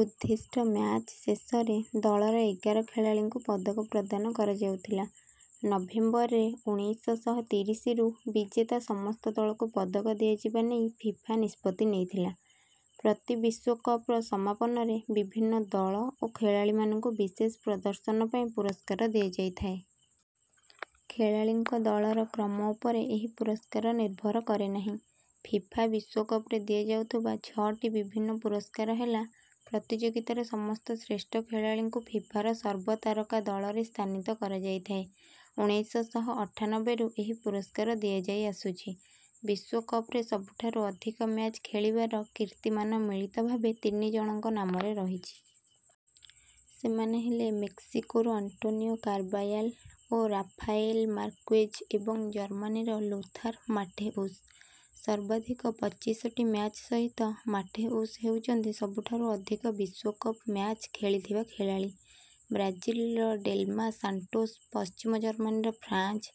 ଉଦ୍ଦିଷ୍ଟ ମ୍ୟାଚ୍ ଶେଷରେ ଦଳର ଏଗାର ଖେଳାଳୀଙ୍କୁ ପଦକ ପ୍ରଦାନ କରାଯାଉଥିଲା। ନଭେମ୍ବରରେ ଉଣେଇଶ ଶହ ତିରିଶରୁ ବିଜେତା ସମସ୍ତ ଦଳକୁ ପଦକ ଦିଆଯିବା ନେଇ ଫିଫା ନିଷ୍ପତ୍ତି ନେଇଥିଲା। ପ୍ରତି ବିଶ୍ୱକପର ସମାପନରେ ବିଭିନ୍ନ ଦଳ ଓ ଖେଳାଳୀମାନଙ୍କୁ ବିଶେଷ ପ୍ରଦର୍ଶନ ପାଇଁ ପୁରସ୍କାର ଦିଆଯାଇଥାଏ। ଖେଳାଳୀଙ୍କ ଦଳର କ୍ରମ ଉପରେ ଏହି ପୁରସ୍କାର ନିର୍ଭର କରେ ନାହିଁ। ଫିଫା ବିଶ୍ୱକପରେ ଦିଆଯାଉଥୁବା ଛଅଟି ବିଭିନ୍ନ ପୁରସ୍କାର ହେଲା ପ୍ରତିଯୋଗିତାର ସମସ୍ତ ଶ୍ରେଷ୍ଠ ଖେଳାଳୀଙ୍କୁ ଫିଫାର ସର୍ବତାରକା ଦଳରେ ସ୍ଥାନୀତ କରାଯାଇଥାଏ। ଉଣେଇଶ ଶହ ଅଠାନବେରୁ ଏହି ପୁରସ୍କାର ଦିଆଯାଇ ଆସୁଛି। ବିଶ୍ୱକପରେ ସବୁଠାରୁ ଅଧିକ ମ୍ୟାଚ୍ ଖେଳିବାର କିର୍ତ୍ତୀମାନ ମିଳିତ ଭାବେ ତିନି ଜଣଙ୍କ ନାମରେ ରହିଛି। ସେମାନେ ହେଲେ ମେକ୍ସିକୋର ଆଣ୍ଟୋନିଓ କାର୍ବାୟାଲ୍ ଓ ରାଫାଏଲ୍ ମାର୍କ୍ୱେଜ୍ ଏବଂ ଜର୍ମାନୀର ଲୋଥାର୍ ମାଟ୍ହେଉସ୍। ସର୍ବାଧିକ ପଚିଶଟି ମ୍ୟାଚ୍ ସହିତ ମାଟ୍ହେଉସ୍ ହେଉଛନ୍ତି ସବୁଠାରୁ ଅଧିକ ବିଶ୍ୱକପ ମ୍ୟାଚ୍ ଖେଳିଥିବା ଖେଳାଳୀ। ବ୍ରାଜିଲର ଡେଲ୍ମା ସାଣ୍ଟୋସ୍ ପଶ୍ଚିମ ଜର୍ମାନୀର ଫ୍ରାଂଜ୍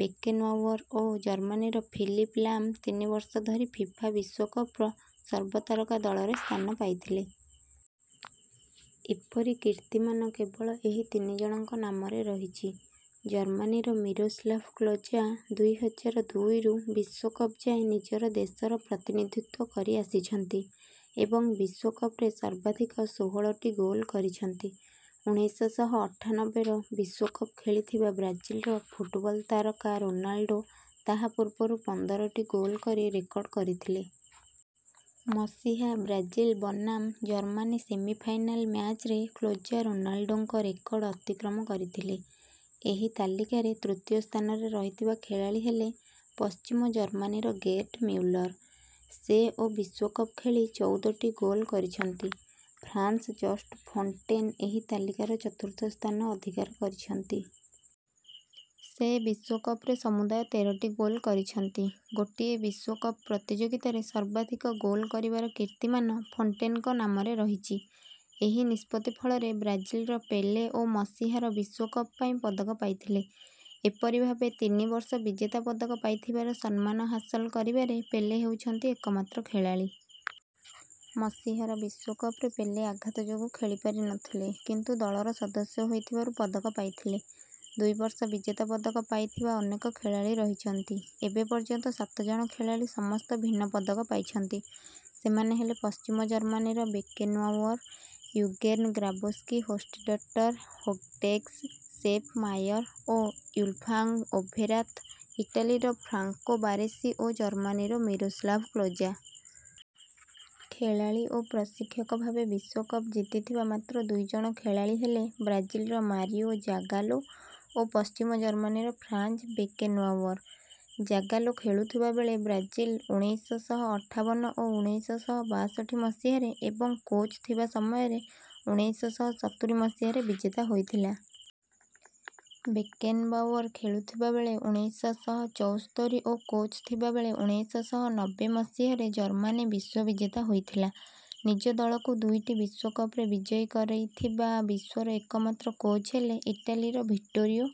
ବେକେନ୍ବାଉଅର୍ ଓ ଜର୍ମାନୀର ଫିଲିପ୍ ଲାମ୍ ତିନି ବର୍ଷ ଧରି ଫିଫା ବିଶ୍ୱକପର ସର୍ବତାରକା ଦଳରେ ସ୍ଥାନ ପାଇଥିଲେ। ଏପରି କୀର୍ତ୍ତିମାନ କେବଳ ଏହି ତିନିଜଣଙ୍କ ନାମରେ ରହିଛି। ଜର୍ମାନୀର ମିରୋସ୍ଲାଭ୍ କ୍ଲୋଜା ଦୁଇ ହଜାର ଦୁଇରୁ ବିଶ୍ୱକପ ଯାଏଁ ନିଜର ଦେଶର ପ୍ରତିନିଧିତ୍ୱ କରି ଆସିଛନ୍ତି ଏବଂ ବିଶ୍ୱକପରେ ସର୍ବାଧିକ ଷୋହଳଟି ଗୋଲ୍ କରିଛନ୍ତି। ଉଣେଇଶ ଶହ ଅଠାନବେର ବିଶ୍ୱକପ ଖେଳିଥିବା ବ୍ରାଜିଲର ଫୁଟବଲ୍ ତାରକା ରୋନାଲ୍ଡୋ ତାହା ପୂର୍ବରୁ ପନ୍ଦରଟି ଗୋଲ୍ କରି ରେକର୍ଡ଼୍ କରିଥିଲେ। ମସିହା ବ୍ରାଜିଲ୍ ବନାମ ଜର୍ମାନୀ ସେମିଫାଇନାଲ୍ ମ୍ୟାଚ୍ରେ କ୍ଲୋଜା ରୋନାଲ୍ଡୋଙ୍କ ରେକର୍ଡ଼୍ ଅତିକ୍ରମ କରିଥିଲେ। ଏହି ତାଲିକାରେ ତୃତୀୟ ସ୍ଥାନରେ ରହିଥିବା ଖେଳାଳୀ ହେଲେ ପଶ୍ଚିମ ଜର୍ମାନୀର ଗେର୍ଡ୍ ମ୍ୟୁଲର୍। ସେ ଓ ବିଶ୍ୱକପ ଖେଳି ଚଉଦଟି ଗୋଲ୍ କରିଛନ୍ତି। ଫ୍ରାଂସ୍ର ଜଷ୍ଟ୍ ଫୋଣ୍ଟେନ୍ ଏହି ତାଲିକାର ଚତୁର୍ଥ ସ୍ଥାନ ଅଧିକାର କରିଛନ୍ତି। ସେ ବିଶ୍ୱକପରେ ସମୁଦାୟ ତେରଟି ଗୋଲ୍ କରିଛନ୍ତି। ଗୋଟିଏ ବିଶ୍ୱକପ ପ୍ରତିଯୋଗିତାରେ ସର୍ବାଧିକ ଗୋଲ କରିବାର କୀର୍ତ୍ତିମାନ ଫୋଣ୍ଟେନ୍ଙ୍କ ନାମରେ ରହିଛି। ଏହି ନିଷ୍ପତ୍ତି ଫଳରେ ବ୍ରାଜିଲର ପେଲେ ଓ ମସିହାର ବିଶ୍ୱକପ ପାଇଁ ପଦକ ପାଇଥିଲେ। ଏପରି ଭାବେ ତିନି ବର୍ଷ ବିଜେତା ପଦକ ପାଇଥିବାର ସମ୍ମାନ ହାସଲ କରିବାରେ ପେଲେ ହେଉଛନ୍ତି ଏକମାତ୍ର ଖେଳାଳୀ। ମସିହାର ବିଶ୍ୱକପରେ ପେଲେ ଆଘାତ ଯୋଗୁଁ ଖେଳିପାରି ନଥିଲେ କିନ୍ତୁ ଦଳର ସଦସ୍ୟ ହୋଇଥିବାରୁ ପଦକ ପାଇଥିଲେ। ଦୁଇ ବର୍ଷ ବିଜେତା ପଦକ ପାଇଥିବା ଅନେକ ଖେଳାଳୀ ରହିଛନ୍ତି। ଏବେ ପର୍ଯ୍ୟନ୍ତ ସାତ ଜଣ ଖେଳାଳୀ ସମସ୍ତ ଭିନ୍ନ ପଦକ ପାଇଛନ୍ତି। ସେମାନେ ହେଲେ ପଶ୍ଚିମ ଜର୍ମାନୀର ବେକେନ୍ବାଉଅର୍ ୟୁର୍ଗେନ୍ ଗ୍ରାବୋସ୍କି ହୋଷ୍ଟେଟର୍ ହୋଗଟେକ୍ ସେପ୍ ମାୟର୍ ଓ ୱୁଲଫାମ୍ ଓଭେରାଥ୍ ଇଟାଲୀର ଫ୍ରାଂକୋ ବାରେସି ଓ ଜର୍ମାନୀର ମିରୋସ୍ଲାଭ୍ କ୍ଲୋଜା। ଖେଳାଳୀ ଓ ପ୍ରଶିକ୍ଷକ ଭାବେ ବିଶ୍ୱକପ ଜିତିଥିବା ମାତ୍ର ଦୁଇ ଜଣ ଖେଳାଳୀ ହେଲେ ବ୍ରାଜିଲର ମାରିଓ ଜାଗାଲୋ ଓ ପଶ୍ଚିମ ଜର୍ମାନୀର ଫ୍ରାଂଜ୍ ବେକେନ୍ବାଉଅର୍। ଜାଗାଲୋ ଖେଳୁଥିବା ବେଳେ ବ୍ରାଜିଲ୍ ଉଣେଇଶ ଶହ ଅଠାବନ ଓ ଉଣେଇଶ ଶହ ବାଷଠି ମସିହାରେ ଏବଂ କୋଚ୍ ଥିବା ସମୟରେ ଉଣେଇଶ ଶହ ସତୁରି ମସିହାରେ ବିଜେତା ହୋଇଥିଲା । ବେକେନ୍‍ବାଉଅର୍ ଖେଳୁଥିବା ବେଳେ ଉଣେଇଶ ଶହ ଚଉସ୍ତରୀ ଓ କୋଚ୍ ଥିବା ବେଳେ ଉଣେଇଶ ଶହ ନବ୍ବେ ମସିହାରେ ଜର୍ମାନୀ ବିଶ୍ୱବିଜେତା ହୋଇଥିଲା। ନିଜ ଦଳକୁ ଦୁଇଟି ବିଶ୍ୱକପରେ ବିଜୟୀ କରେଇଥିବା ବିଶ୍ୱର ଏକମାତ୍ର କୋଚ୍ ହେଲେ ଇଟାଲୀର ଭିଟ୍ଟୋରିଓ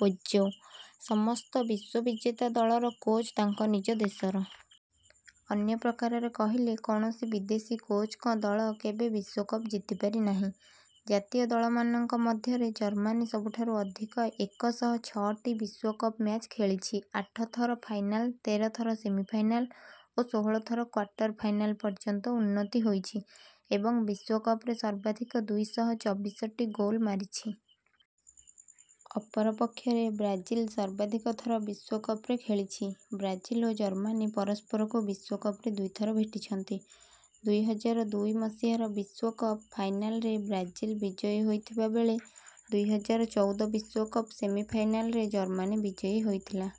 ପୋଜ୍ଜୋ। ସମସ୍ତ ବିଶ୍ୱବିଜେତା ଦଳର କୋଚ୍ ତାଙ୍କ ନିଜ ଦେଶର। ଅନ୍ୟ ପ୍ରକାରର କହିଲେ କୌଣସି ବିଦେଶୀ କୋଚ୍ ଙ୍କ ଦଳ କେବେ ବିଶ୍ୱକପ ଜିତିପାରି ନାହିଁ। ଜାତୀୟ ଦଳମାନଙ୍କ ମଧ୍ୟରେ ଜର୍ମାନୀ ସବୁଠାରୁ ଅଧିକ ଏକ ଶହ ଛଅଟି ବିଶ୍ୱକପ ମ୍ୟାଚ୍ ଖେଳିଛି ଆଠ ଥର ଫାଇନାଲ୍ ତେର ଥର ସେମିଫାଇନାଲ୍ ଓ ଷୋହଳ ଥର କ୍ୱାର୍ଟର୍ ଫାଇନାଲ୍ ପର୍ଯ୍ୟନ୍ତ ଉନ୍ନତି ହୋଇଛି ଏବଂ ବିଶ୍ୱକପରେ ସର୍ବାଧିକ ଦୁଇ ଶହ ଚବିଶଟି ଗୋଲ୍ ମାରିଛି। ଅପର ପକ୍ଷରେ ବ୍ରାଜିଲ୍ ସର୍ବାଧିକ ଥର ବିଶ୍ୱକପରେ ଖେଳିଛି। ବ୍ରାଜିଲ ଓ ଜର୍ମାନୀ ପରସ୍ପରକୁ ବିଶ୍ୱକପରେ ଦୁଇଥର ଭେଟିଛନ୍ତି। ଦୁଇ ହଜାର ଦୁଇ ମସିହାର ବିଶ୍ୱକପ ଫାଇନାଲରେ ବ୍ରାଜିଲ୍ ବିଜୟୀ ହୋଇଥିବା ବେଳେ ଦୁଇ ହଜାର ଚଉଦ ବିଶ୍ୱକପ ସେମିଫାଇନାଲ୍ ରେ ଜର୍ମାନୀ ବିଜୟୀ ହୋଇଥିଲା।